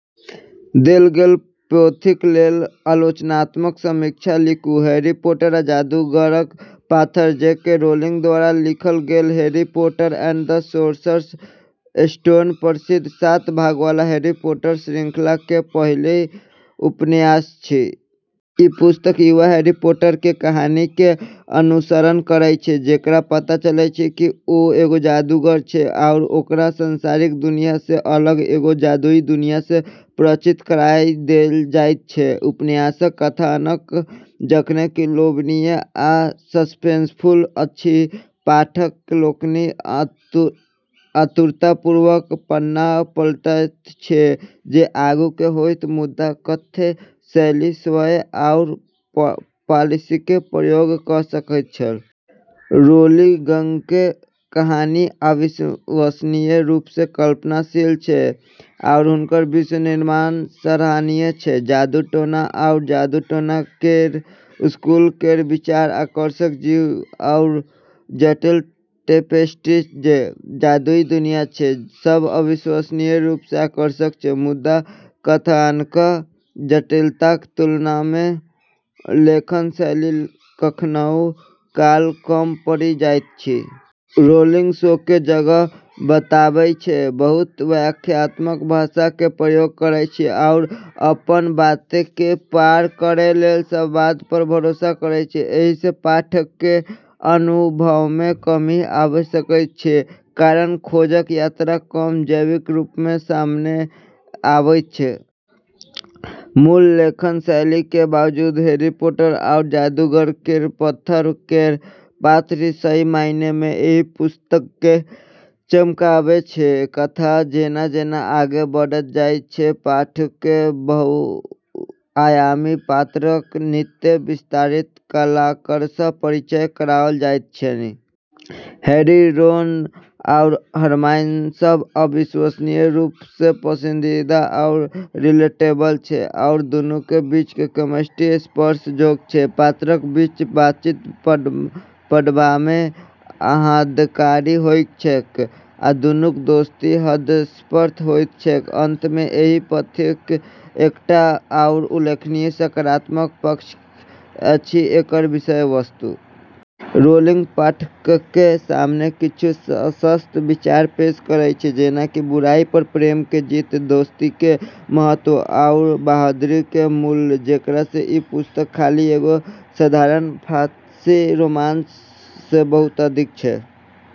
देल गेल पोथीक लेल आलोचनात्मक समीक्षा लिखू। हैरी पॉटर आ जादूगरक पाथर जे. के. रोलिंग द्वारा लिखल गेल Harry Potter and the Sorcerer's Stone प्रसिद्ध सात भाग वाला हैरी पॉटर श्रृंखलाके पहिल उपन्यास अछि। ई पुस्तक युवा हैरी पॉटरके कहानीके अनुसरण करै छै, जेकरा पता चलै छै कि ओ एगो जादूगर छै आओर ओकरा सांसारिक दुनियासँ अलग एगो जादुई दुनियासँ परिचित कराइ देल जाइत छै। उपन्यासक कथानक जखन कि लोभनीय आ सस्पेंसफुल अछि, पाठक लोकनि आतुरतापूर्वक पन्ना पलटैत छथि जे आगू की होइत, मुदा कथ्य शैली स्वयं आओर पालिशक प्रयोग क' सकैत छल। रोलिंगके कहानी अविश्वसनीय रूपसँ कल्पनाशील छै आओर हुनकर विश्व-निर्माण सराहनीय छै। जादू-टोना आओर जादू-टोना केर स्कूल केर विचार, आकर्षक जीव, आओर जटिल टेपेस्ट्री जे जादुई दुनिया छै, सब अविश्वसनीय रूपसँ आकर्षक छै। मुदा कथानकक जटिलताक तुलनामे लेखन शैली कखनऊ काल कम पड़ि जाइत अछि। रोलिंग शोके जगह बताबै छै, बहुत व्याख्यात्मक भाषाके प्रयोग करै छै आओर अपन बातके पार करै लेल संवाद पर भरोसा करै छै। एहिसँ पाठकक अनुभवमे कमी आबि सकैत अछि, कारण खोजक यात्रा कम जैविक रूपमे सामने अबैत अछि। मूल लेखन शैलीके बावजूद हैरी पॉटर आओर जादूगर केर पत्थर केर पात्र ही सही मायनेमे एहि पुस्तकके चमकाबै छै। कथा जेना-जेना आगू बढ़ैत जाइत अछि, पाठककेँ बहुआयामी पात्रक नित्य विस्तारित कलाकारसँ परिचय कराओल जाइत छनि। हैरी, रॉन, आओर हरमाइन सब अविश्वसनीय रूपसँ पसंदीदा आओर रिलेटेबल छै, आओर दुन्नूके बीचके केमिस्ट्री स्पर्शजोग छै। पात्रक बीचक बातचीत पढ़बामे आह्लादकारी होइत छैक, आ दुन्नूक दोस्ती हृदयस्पर्शी होइत छैक। अंतमे एहि पोथीक एकटा आओर उल्लेखनीय सकारात्मक पक्ष अछि एकर विषय-वस्तु। रोलिंग पाठकके सामने किछ सशक्त विचार पेश करै छै जेना कि बुराई पर प्रेमके जीत, दोस्तीके महत्व, आओर बहादुरीके मूल्य, जेकरा सँ ई पुस्तक खाली एगो साधारण फंतासी रोमांचसँ बहुत अधिक छै।